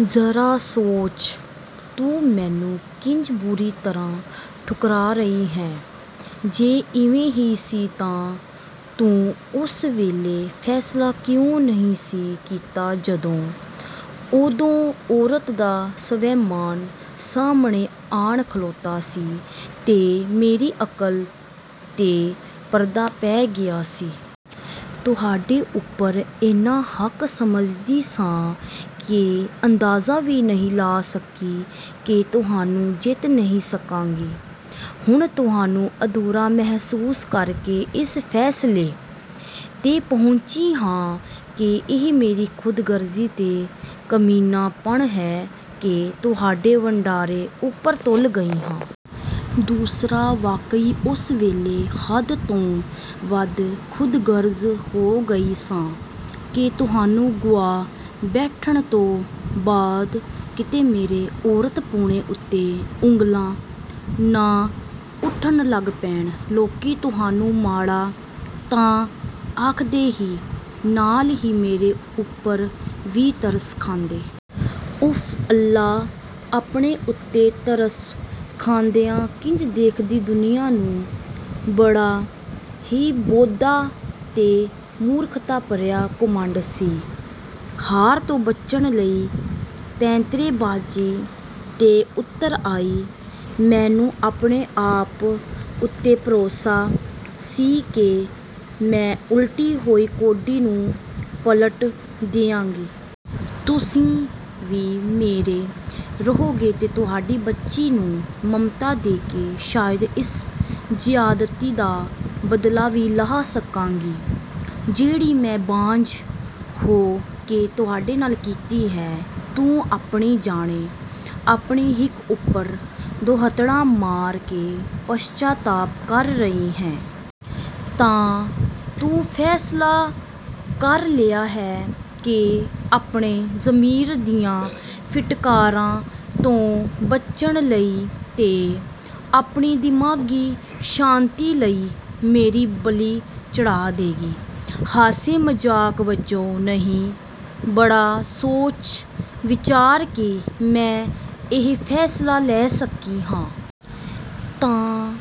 "ਜ਼ਰਾ ਸੋਚ, ਤੂੰ ਮੈਨੂੰ ਕਿੰਜ ਬੁਰੀ ਤਰ੍ਹਾਂ ਠੁਕਰਾ ਰਹੀ ਹੈਂ? ਜੇ ਇਵੇਂ ਹੀ ਸੀ ਤਾਂ ਤੂੰ ਉਸ ਵੇਲੇ ਫ਼ੈਸਲਾ ਕਿਉਂ ਨਹੀਂ ਸੀ ਕੀਤਾ ਜਦੋਂ" "ਉਦੋਂ ਔਰਤ ਦਾ ਸਵੈਮਾਨ ਸਾਹਮਣੇ ਆਣ ਖਲੋਤਾ ਸੀ, ਤੇ ਮੇਰੀ ਅਕਲ 'ਤੇ ਪਰਦਾ ਪੈ ਗਿਆ ਸੀ। ਤੁਹਾਡੇ ਉੱਪਰ ਇੰਨਾ ਹੱਕ ਸਮਝਦੀ ਸਾਂ ਕਿ ਅੰਦਾਜ਼ਾ ਵੀ ਨਹੀਂ ਲਾ ਸਕੀ ਕਿ ਤੁਹਾਨੂੰ ਜਿੱਤ ਨਹੀਂ ਸਕਾਂਗੀ। ਹੁਣ ਤੁਹਾਨੂੰ ਅਧੂਰਾ ਮਹਿਸੂਸ ਕਰਕੇ ਇਸ ਫ਼ੈਸਲੇ 'ਤੇ ਪਹੁੰਚੀ ਹਾਂ ਕਿ ਇਹ ਮੇਰੀ ਖ਼ੁਦਗਰਜ਼ੀ ਤੇ ਕਮੀਨਾਪਣ ਹੈ ਕਿ ਤੁਹਾਡੇ ਵੰਡਾਰੇ ਉੱਪਰ ਤੁਲ ਗਈ ਹਾਂ। ਦੂਸਰਾ ਵਾਕਈ ਉਸ ਵੇਲੇ ਹੱਦ ਤੋਂ ਵੱਧ ਖ਼ੁਦਗਰਜ਼ ਹੋ ਗਈ ਸਾਂ ਕਿ ਤੁਹਾਨੂੰ ਗੁਆ ਬੈਠਣ ਤੋਂ ਬਾਅਦ ਕਿਤੇ ਮੇਰੇ ਔਰਤਪੁਣੇ ਉੱਤੇ ਉਂਗਲਾਂ ਨਾ ਉੱਠਣ ਲੱਗ ਪੈਣ। ਲੋਕੀ ਤੁਹਾਨੂੰ ਮਾੜਾ ਤਾਂ ਆਖਦੇ ਹੀ, ਨਾਲ ਹੀ ਮੇਰੇ ਉੱਪਰ ਵੀ ਤਰਸ ਖਾਂਦੇ। ਉਫ਼ ਅੱਲਾ, ਆਪਣੇ ਉੱਤੇ ਤਰਸ ਖਾਂਦਿਆਂ ਕਿੰਜ ਦੇਖਦੀ ਦੁਨੀਆਂ ਨੂੰ!" ਬੜਾ ਹੀ ਬੋਦਾ ਤੇ ਮੂਰਖਤਾ ਭਰਿਆ ਘੁਮੰਡ ਸੀ, ਹਾਰ ਤੋਂ ਬਚਣ ਲਈ ਪੈਂਤਰੇਬਾਜ਼ੀ 'ਤੇ ਉਤਰ ਆਈ। ਮੈਨੂੰ ਆਪਣੇ ਆਪ ਉੱਤੇ ਭਰੋਸਾ ਸੀ ਕਿ ਮੈਂ ਉਲਟੀ ਹੋਈ ਕੌਡੀ ਨੂੰ ਪਲਟ ਦਿਆਂਗੀ। ਤੁਸੀਂ ਵੀ ਮੇਰੇ ਰਹੋਗੇ ਤੇ ਤੁਹਾਡੀ ਬੱਚੀ ਨੂੰ ਮਮਤਾ ਦੇ ਕੇ ਸ਼ਾਇਦ ਇਸ ਜ਼ਿਆਦਤੀ ਦਾ ਬਦਲਾ ਵੀ ਲਾਹ ਸਕਾਂਗੀ, ਜਿਹੜੀ ਮੈਂ ਬਾਂਝ ਹੋ ਕੇ ਤੁਹਾਡੇ ਨਾਲ ਕੀਤੀ ਹੈ।" "ਤੂੰ ਆਪਣੀ ਜਾਣੇ, ਆਪਣੀ ਹਿੱਕ ਉੱਪਰ ਦੋਹੱਥੜਾਂ ਮਾਰ ਕੇ ਪਸ਼ਚਾਤਾਪ ਕਰ ਰਹੀ ਹੈਂ?" "ਤਾਂ ਤੂੰ ਫ਼ੈਸਲਾ ਕਰ ਲਿਆ ਹੈ ਕਿ ਆਪਣੇ ਜ਼ਮੀਰ ਦੀਆਂ ਫਿਟਕਾਰਾਂ ਤੋਂ ਬਚਣ ਲਈ ਤੇ ਆਪਣੀ ਦਿਮਾਗ਼ੀ ਸ਼ਾਂਤੀ ਲਈ ਮੇਰੀ ਬਲੀ ਚੜ੍ਹਾ ਦੇਂਗੀ?" "ਹਾਸੇ ਮਜ਼ਾਕ ਵਜੋਂ ਨਹੀਂ, ਬੜਾ ਸੋਚ-ਵਿਚਾਰ ਕੇ ਮੈਂ ਇਹ ਫ਼ੈਸਲਾ ਲੈ ਸਕੀ ਹਾਂ।" "ਤਾਂ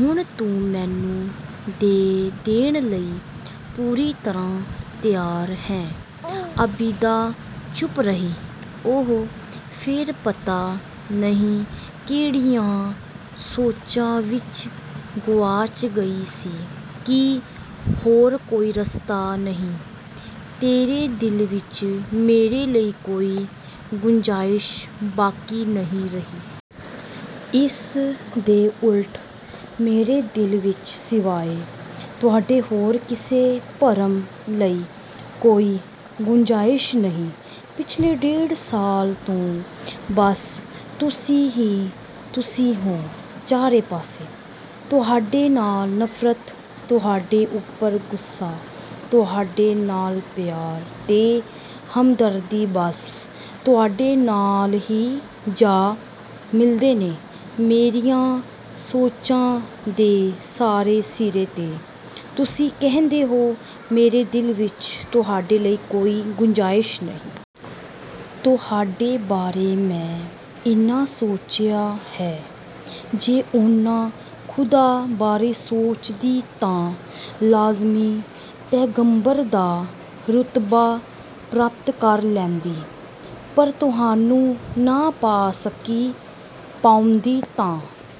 ਹੁਣ ਤੂੰ ਮੈਨੂੰ ਦੇ-ਦੇਣ ਲਈ ਪੂਰੀ ਤਰ੍ਹਾਂ ਤਿਆਰ ਹੈਂ?" ਆਬਿਦਾ ਚੁੱਪ ਰਹੀ। ਉਹ ਫਿਰ ਪਤਾ ਨਹੀਂ ਕਿਹੜੀਆਂ ਸੋਚਾਂ ਵਿੱਚ ਗੁਆਚ ਗਈ ਸੀ।"ਕੀ ਹੋਰ ਕੋਈ ਰਸਤਾ ਨਹੀਂ? ਤੇਰੇ ਦਿਲ ਵਿੱਚ ਮੇਰੇ ਲਈ ਕੋਈ ਗੁੰਜਾਇਸ਼ ਬਾਕੀ ਨਹੀਂ ਰਹੀ?" "ਇਸ ਦੇ ਉਲਟ, ਮੇਰੇ ਦਿਲ ਵਿੱਚ ਸਿਵਾਏ, ਤੁਹਾਡੇ ਹੋਰ ਕਿਸੇ ਭਰਮ ਲਈ ਕੋਈ ਗੁੰਜਾਇਸ਼ ਨਹੀਂ। ਪਿਛਲੇ ਡੇਢ ਸਾਲ ਤੋਂ ਬਸ ਤੁਸੀਂ ਹੀ ਤੁਸੀਂ ਹੋ ਚਾਰੇ ਪਾਸੇ। ਤੁਹਾਡੇ ਨਾਲ ਨਫ਼ਰਤ, ਤੁਹਾਡੇ ਉੱਪਰ ਗੁੱਸਾ, ਤੁਹਾਡੇ ਨਾਲ ਪਿਆਰ ਤੇ ਹਮਦਰਦੀ ਬੱਸ, ਤੁਹਾਡੇ ਨਾਲ ਹੀ ਜਾ ਮਿਲਦੇ ਨੇ ਮੇਰੀਆਂ ਸੋਚਾਂ ਦੇ ਸਾਰੇ ਸਿਰੇ ਤੇ ਤੁਸੀਂ ਕਹਿੰਦੇ ਹੋ, ਮੇਰੇ ਦਿਲ ਵਿੱਚ ਤੁਹਾਡੇ ਲਈ ਕੋਈ ਗੁੰਜਾਇਸ਼ ਨਹੀਂ! ਤੁਹਾਡੇ ਬਾਰੇ ਮੈਂ ਇੰਨਾ ਸੋਚਿਆ ਹੈ, ਜੇ ਓਨਾ ਖ਼ੁਦਾ ਬਾਰੇ ਸੋਚਦੀ ਤਾਂ ਲਾਜ਼ਮੀ ਪੈਗ਼ੰਬਰ ਦਾ ਰੁਤਬਾ ਪ੍ਰਾਪਤ ਕਰ ਲੈਂਦੀ। ਪਰ ਤੁਹਾਨੂੰ ਨਾ ਪਾ ਸਕੀ।" "ਪਾਉਂਦੀ ਤਾਂ"